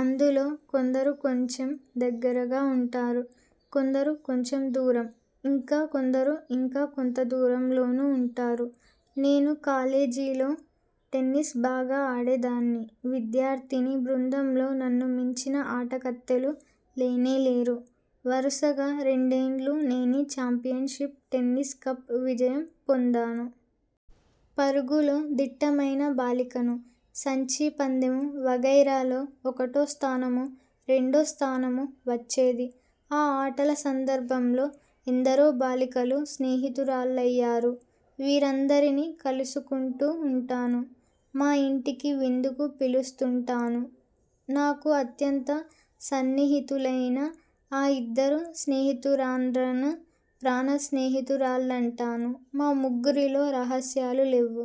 అందులో కొందరు కొంచెం దగ్గరగా ఉంటారు, కొందరు కొంచెం దూరం, ఇంకా కొందరు ఇంకా కొంతదూరంలోను ఉంటారు. నేను కాలేజేలో టెన్నిస్ బాగా ఆడేదాన్ని. విద్యార్ధినీ బృందంలో నన్ను మించిన ఆటకత్తెలు లేనేలేరు, వరుసగా రెండేండ్లు నేనె ఛాంపియన్ షిప్ టెన్నిస్ కప్పు విజయం పొందాను. పరుగులో దిట్టమైన బాలికను. సంచి పందెము వగైరాలో ఒకటో స్థానమో, రెండో స్థానమో వచ్చేది. ఆ ఆటల సందర్బంలో ఎందరో బాలికలు స్నేహితురాళ్ళయ్యారు. వీరందరినీ కలుసుకుంటూ ఉంటాను. మా యింటికి విందుకు పిలుస్తూంటాను. నాకు అత్యంత సన్నిహితులయిన ఆ ఇద్దరు స్నేహితురాండ్రనూ ప్రాణ స్నేహితురాళ్ళంటాను. మా ముగ్గురిలో రహస్యాలు లేవు.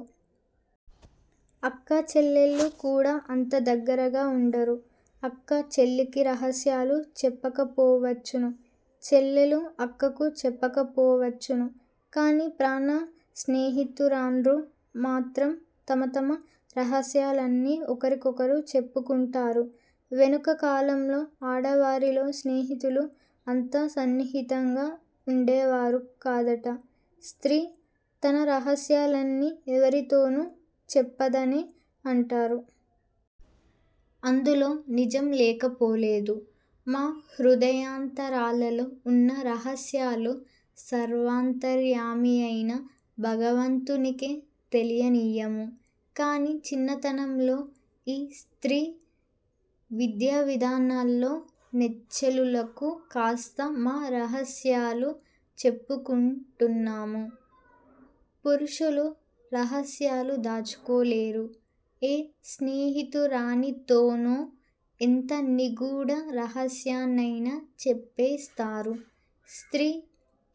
అక్క చెల్లెళ్ళు కూడా అంత దగ్గరగా ఉండరు. అక్క చెల్లెలకి రహస్యాలు చెప్పకపోవచ్చును. చెల్లెలు అక్కకు చెప్పకపోవచ్చును. కాని ప్రాణ స్నేహితురాండ్రు మాత్రం తమ తమ రహస్యాలన్నీ ఒకరికొకరు చెప్పుకుంటారు. వెనుక కాలంలో ఆడవారిలో స్నేహితులు అంత సన్నిహితంగా ఉండేవారు కాదట. స్త్రీ తన రహస్యాలన్నీ ఎవరితోనూ చెప్పదనే అంటారు. అందులో నిజం లేకపోలేదు. మా హృదయాంతరాలలో ఉన్న రహస్యాలు సర్వాంతర్యామియైన భగవంతునికే తెలియనియ్యము. కాని చిన్నతనంలో ఈ స్త్రీ విద్యాదినాల్లో నెచ్చెలులకు కాస్త మా రహస్యాలు చెప్పుకుంటున్నాము. పురుషులు రహస్యాలు దాచుకోలేరు. ఏ స్నేహితురానితోనో ఎంత నిగూఢ రహస్యాన్నైనా చెప్పేస్తారు. స్త్రీ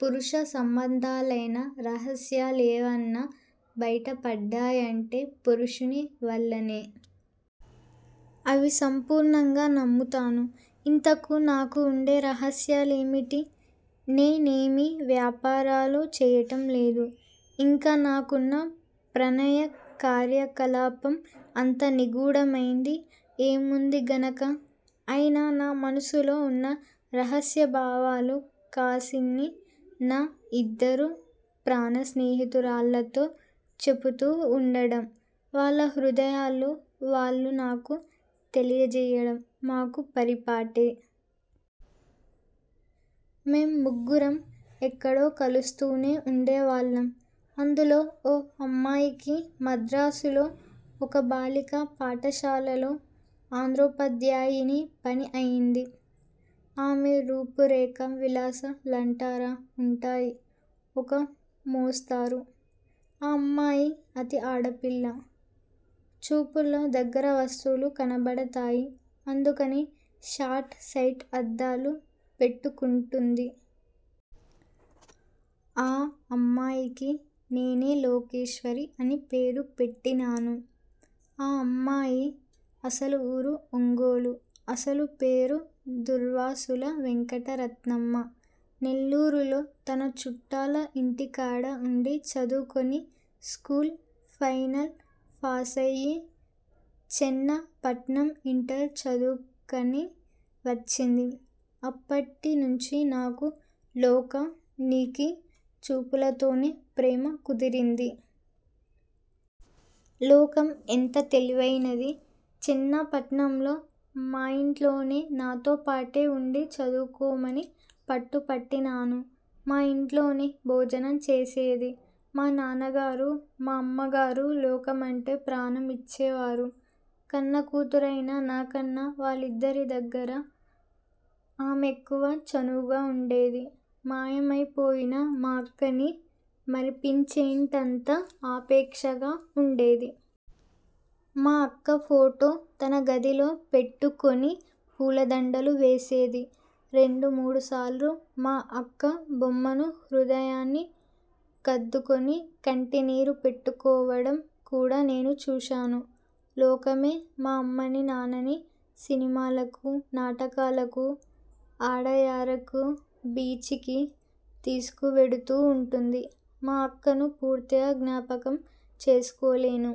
పురుష సంబంధాలైన రహస్యాలేవన్నా బయటపడ్డాయంటే పురుషుని వల్లనే. అవి సంపూర్ణంగా నమ్ముతాను. ఇంతకూ నాకు ఉండే రహస్యాలేమిటి? నే నేమీ వ్యాపారాలు చేయటంలేదు. ఇంక నాకున్న ప్రణయ కార్యకలాపం అంత నిగూఢమైంది ఏముందిగనకా? అయినా నా మనసులో ఉన్న రహస్యభావాలు కాసిని, నా ఇద్దరు ప్రాణ స్నేహితురాళ్ళతో చెప్పుతూ వుండడం, వాళ్ళ హృదయాలు వాళ్ళు నాకు తెలియజేయడం మాకు పరిపాటే. మేం ముగ్గురం ఎక్కడో కలుస్తూనే ఉండేవాళ్ళం. అందులో ఓ అమ్మాయికి మద్రాసులో ఒక బాలికా పాఠశాలలో ఆంద్రోపాద్యాయిని పని అయింది. ఆమె రూపు రేఖా విలాసా లంటారా? ఉంటాయి ఒక మోస్తరు. ఆ అమ్మాయి అతి ఆడపిల్ల. చూపులో దగ్గర వస్తువులు కనబడతాయి. అందుకని షార్ట్ సైట్ అద్దాలు పెట్టుకుంటుంది. ఆ అమ్మాయికి నేనె లోకేశ్వరి అని పేరు పెట్టినాను. ఆ అమ్మాయి అసలు ఊరు ఒంగోలు. అసలు పేరు దుర్వాసుల వెంకటరత్నమ్మ. నెల్లూరులో తన చుట్టాల ఇంటికడ ఉండి చదువుకొని, స్కూలు ఫైనలు ప్యాసయి చెన్న పట్నం ఇంటరు చదువుకని వచ్చింది. అప్పటినుంచీ నాకూ, 'లోకా'నికీ చూపులతోనే ప్రేమ కుదిరింది. లోకం ఎంత తెలివైనది! చెన్నపట్నంలో మాయింట్లోనే నాతోపాటే ఉండి చదువుకోమని పట్టుపట్టినాను. మా ఇంట్లోనే భోజనం చేసేది. మా నాన్న గారూ, మా అమ్మగారూ లోకం అంటే ప్రాణం ఇచ్చేవారు. కన్నా కూతురైన నాకన్న వాళ్ళిద్దరి దగ్గరా ఆమె ఎక్కువ చనువుగా ఉండేది. మాయమైపోయిన మా అక్కని మరపించేటంత ఆపేక్షగా వుండేది. మా అక్క ఫోటో తన గదిలో పెట్టుకొని పూలదండలు వేసేది. రెండు మూడుసార్లు మా అక్క బొమ్మను హృదయాని కద్దుకొని కంటినీరు పెట్టుకోవడం కూడా నేను చూశాను. లోకమే మా అమ్మనీ, నాన్ననీ సినిమాలకు, నాటకాలకు అడయారుకు, బీచికీ తీసుకువెడుతూ ఉంటుంది. మా అక్కను పూర్తిగా జ్ఞాపకం చేసుకోలేను.